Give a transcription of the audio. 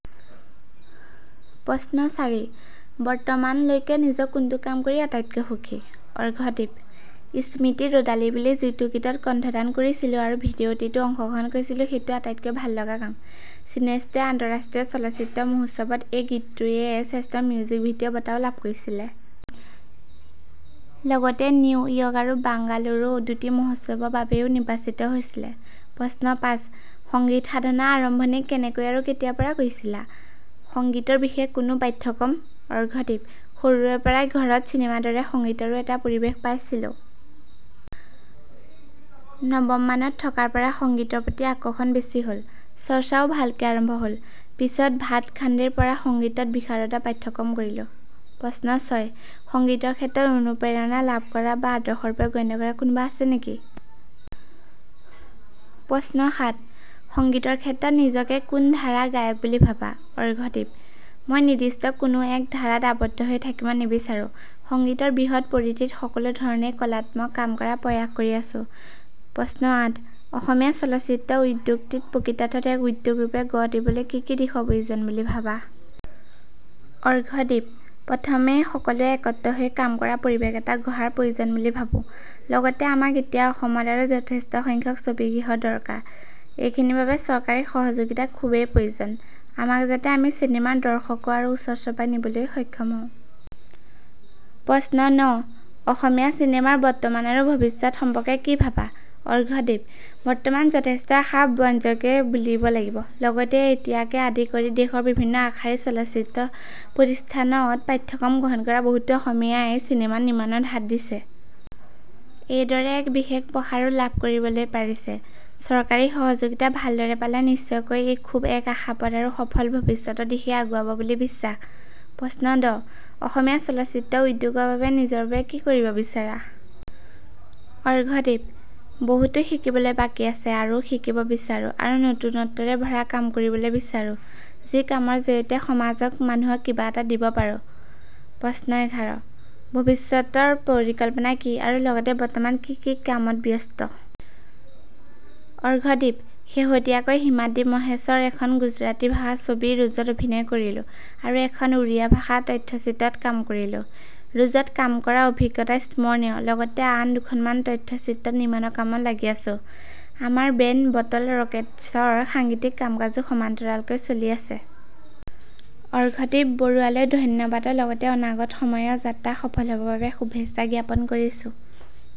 প্ৰশ্ন চাৰি: বৰ্তমানলৈকে নিজৰ কোনটো কাম কৰি আটাইতকৈ সুখী? অৰ্ঘদীপ: স্মৃতিৰ ৰ'দালি বুলি যিটো গীতত কন্ঠদান কৰিছিলো আৰু ভিডিঅ'টিতো অংশগ্ৰহণ কৰিছিলো, সেইটো আটাইতকৈ ভাল লগা কাম। চিনেষ্টে আন্তঃৰাষ্ট্ৰীয় চলচ্চিত্ৰ মহোৎসৱত এই গীতটোয়ে শ্ৰেষ্ঠ মিউজিক ভিডিঅ' বঁটাও লাভ কৰিছিলে। লগতে নিউয়ৰ্ক আৰু বাংগালুৰুৰ দুটি মহোৎসৱৰ বাবেও নিৰ্বাচিত হৈছিলে। প্ৰশ্ন পাঁচ: সংগীত সাধনাৰ আৰম্ভণি কেনেকৈ আৰু কেতিয়াৰ পৰা কৰিছিলা? সংগীতৰ বিশেষ কোনো পাঠ্যক্ৰম? অৰ্ঘদীপ: সৰুৰে পৰাই ঘৰত চিনেমাৰ দৰেই সংগীতৰো এটা পৰিৱেশ পাইছিলো। নৱম মানত থকাৰ পৰা সংগীতৰ প্ৰতি আকৰ্ষণ বেছি হ'ল। চৰ্চাও ভালকৈ আৰম্ভ হ'ল। পিছত ভাটখাণ্ডেৰ পৰা সংগীতত বিশাৰদৰ পাঠ্যক্ৰম কৰিলো। প্ৰশ্ন ছয়: সংগীতৰ ক্ষেত্ৰত অনুপ্ৰেৰণা লাভ কৰা বা আদৰ্শৰূপে গণ্য কৰা কোনোবা আছে নেকি? প্ৰশ্ন সাত: সংগীতৰ ক্ষেত্ৰত নিজকে কোন ধাৰাৰ গায়ক বুলি ভাবা? অৰ্ঘদীপ: মই নিৰ্দ্দিষ্ট কোনো এক ধাৰাত আবদ্ধ হৈ থাকিব নিবিচাৰো। সংগীতৰ বৃহৎ পৰিধিত সকলো ধৰণৰেই কলাত্নক কাম কৰাৰ প্ৰয়াস কৰি আছো। প্ৰশ্ন আঠ: অসমীয়া চলচ্চিত্ৰ উদ্যোগটিক প্ৰকৃতাৰ্থত এক উদ্যোগ ৰূপে গঢ় লবলৈ কি কি দিশৰ প্ৰয়োজন বুলি ভাবা? অৰ্ঘদীপ: প্ৰথমেই সকলোৱে একত্ৰ হৈ কাম কৰাৰ পৰিবেশ এটা গঢ়াৰ প্ৰয়োজন বুলি ভাবো। লগতে আমাক এতিয়া অসমত আৰু যথেষ্ট সংখ্যক ছবিগৃহৰ দৰকাৰ। এইখিনিৰ বাবে চৰকাৰী সহযোগিতাৰ খুবেই প্ৰয়োজন। আমাক যাতে আমি চিনেমাৰ দৰ্শকৰ আৰু ওচৰ চপাই নিবলৈ সক্ষম হওঁ। প্ৰশ্ন ন: অসমীয়া চিনেমাৰ বৰ্তমান আৰু ভৱিষ্যত সম্পৰ্কে কি ভাবা? অৰ্ঘদীপ: বৰ্তমান যথেষ্ট আশা ব্যঞ্জকেই বুলিব লাগিব। লগতে এতিয়াকে আদি কৰি দেশৰ বিভিন্ন আগশাৰীৰ চলচ্চিত্ৰ প্ৰতিষ্ঠানত পাঠ্যক্ৰম গ্ৰহণ কৰা বহুতো অসমীয়াই চিনেমা নিৰ্মাণত হাত দিছে। এইদৰে এক বিশেষ প্ৰসাৰো লাভ কৰিবলৈ পাৰিছে। চৰকাৰী সহযোগিতা ভালদৰে পালে নিশ্চয়কৈ ই খুব এক আশাপ্ৰদ আৰু সফল ভৱিষ্যতৰ দিশেই আগুৱাব বুলি বিশ্বাস। প্ৰশ্ন দহ: অসমীয়া চলচ্চিত্ৰ উদ্যোগৰ বাবেনিজৰ বাবে কি কৰিব বিচাৰা? অৰ্ঘদীপ: বহুত শিকিবলৈ বাকী আছে আৰু শিকিব বিচাৰো আৰু নতুনত্বৰে ভৰা কাম কৰিবলৈ বিচাৰো, যি কামৰ জড়িয়তে সমাজক, মানুহক, কিবা এটা দিব পাৰো। প্ৰশ্ন এঘাৰ: ভৱিষ্যতৰ পৰিকল্পনা কি আৰু লগতেই বৰ্তমান কি কি কামত ব্যস্ত? অৰ্ঘদীপ: শেহতীয়াকৈ হিমাদ্ৰী মহেশৰ এখন গুজৰাটী ভাষাৰ ছবি ৰুজত অভিনয় কৰিলো আৰু এখন উড়ীয়া ভাষাৰ তথ্যচিত্ৰত কাম কৰিলো। ৰুজত কাম কৰাৰ অভিজ্ঞতা স্মৰণীয়। লগতে আন দুখনমান তথ্যচিত্ৰ নিৰ্মাণৰ কামত লাগি আছো। আমাৰ বেণ্ড "বটল ৰকেটছ"ৰ সাংগিতীক কাম-কাজো সমান্তৰালকৈ চলি আছে। অৰ্ঘদীপ বৰুৱালৈ ধন্যবাদৰ লগতেই অনাগত সময়ৰ যাত্ৰা সফল হ'বৰ বাবে শুভেচ্ছা জ্ঞাপন কৰিছো।